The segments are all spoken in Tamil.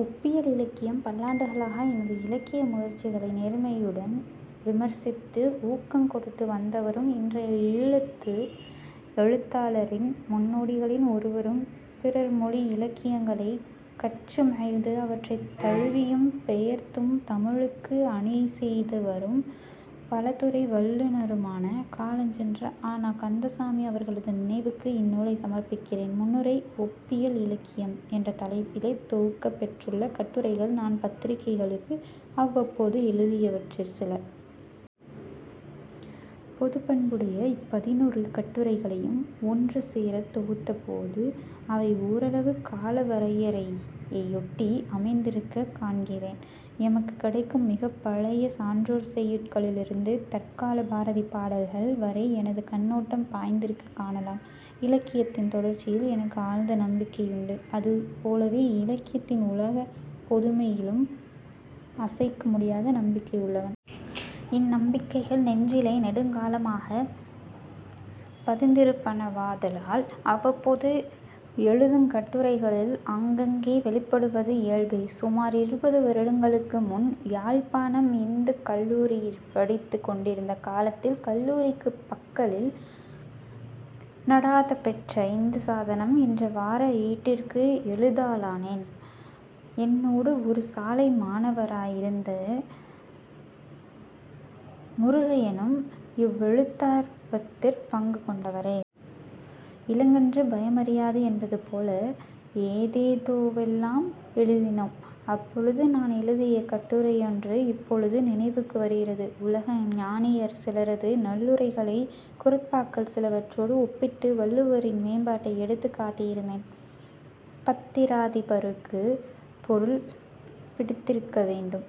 ஒப்பியல் இலக்கியம் பல்லாண்டுகளாக எனது இலக்கிய முயற்சிகளை நேர்மையுடன் விமர்சித்து ஊக்கங் கொடுத்து வந்தவரும் இன்றைய ஈழத்து எழுத்தாளரின் முன்னோடிகளின் ஒருவரும் பிறர்மொழியிலக்கியங்களைக் கற்று மகிழ்ந்து அவற்றைத் தழுவியும் பெயர்த்தும் தமிழுக்கு அணிசெய்தவரும், பல துறை வல்லுநருமான காலஞ்சென்ற அ. ந. கந்தசாமி அவர்களது நினைவுக்கு இந்நூலைச் சமர்ப்பிக்கிறேன் முன்னுரை 'ஒப்பியல் இலக்கியம்' என்ற தலைப்பிலே தொகுக்கப் பெற்றுள்ள கட்டுரைகள் நான் பத்திரிகைகளுக்கு அவ்வப்போது எழுதியவற்றிற் சில. பொதுப்பண்புடைய இப்பதினொரு கட்டுரைகளையும் ஒன்று சேரத்தொகுத்தபோது அவை ஓரளவு காலவரையறையையொட்டி அமைந்திருக்கக் காண்கிறேன். எமக்குக் கிடைக்கும் மிகப் பழைய சான்றோர் செய்யுட்களிலிருந்து தற்காலப் பாரதி பாடல்கள் வரை எனது கண்ணோட்டம் பாய்ந்திருக்கக் காணலாம். இலக்கியத்தின் தொடர்ச்சியில் எனக்கு ஆழ்ந்த நம்பிக்கையுண்டு. அது போலவே இலக்கியத்தின் உலகப் பொதுமையிலும் அசைக்க முடியாத நம்பிக்கையுள்ளவன். இந்நம்பிக்கைகள் நெஞ்சிலே நெடுங்காலமாகப் பதிந்திருப்பனவாதலால் அவ்வப்போது எழுதுங்கட்டுரைகளில் அங்கங்கே வௌிப்படுவது இயல்பே. சுமார் இருபது வருடங்களுக்கு முன் யாழ்ப்பாணம் இந்துக் கல்லூரியிற் படித்துக் கொண்டிருந்த காலத்தில் கல்லூரிக்குப் பக்கலில் நடாத்தப்பெற்ற இந்துசாதனம் என்ற வார ஏட்டிற்கு எழுதலானேன். என்னோடு ஒரு சாலை மாணவராயிருந்த இ. முருகையனும் இவ்வெழுத்தார்வத்திற் பங்கு கொண்டவரே. இளங்கன்று பயமறியாது என்பது போல ஏதேதோவெல்லாம் எழுதினோம். அப்பொழுது நான் எழுதிய கட்டுரையொன்று இப்பொழுது நினைவுக்கு வருகிறது. உலக ஞானியர் சிலரது நல்லுரைகளைக் குறட்பாக்கள் சிலவற்றோடு ஒப்பிட்டு வள்ளுவரின் மேம்பாட்டை எடுத்துக் காட்டியிருந்தேன். பத்திராதிபருக்கு பொருள் பிடித்திருக்கவேண்டும்;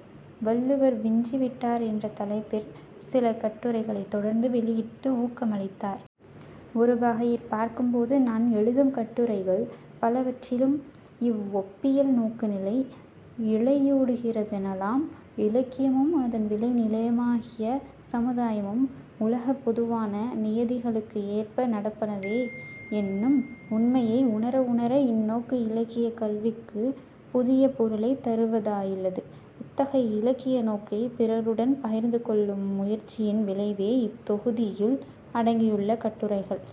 'வள்ளுவர் விஞ்சி விட்டார்' என்ற தலைப்பிற் சில கட்டுரைகளைத் தொடர்ந்து வௌியிட்டு ஊக்கமளித்தார். ஒருவகையிற் பார்க்கும் போது நான் எழுதும் கட்டுரைகள் பலவற்றிலும் இவ்வொப்பியல் நோக்கு நிலை இழையோடுகிறதெனலாம். இலக்கியமும் அதன் விளை நிலமாகிய சமுதாயமும் உலகப்பொதுவான நியதிகளுக்கு ஏற்ப நடப்பனவே என்னும் உண்மையை உணர உணர இந்நோக்கு இலக்கியக் கல்விக்குப் புதிய பொருளைத் தருவதாயுள்ளது. இத்தகைய இலக்கிய நோக்கைப் பிறருடன் பகிர்ந்து கொள்ளும் முயற்சியின் விளைவே இத்தொகுதியுள் அடங்கியுள்ள கட்டுரைகள்.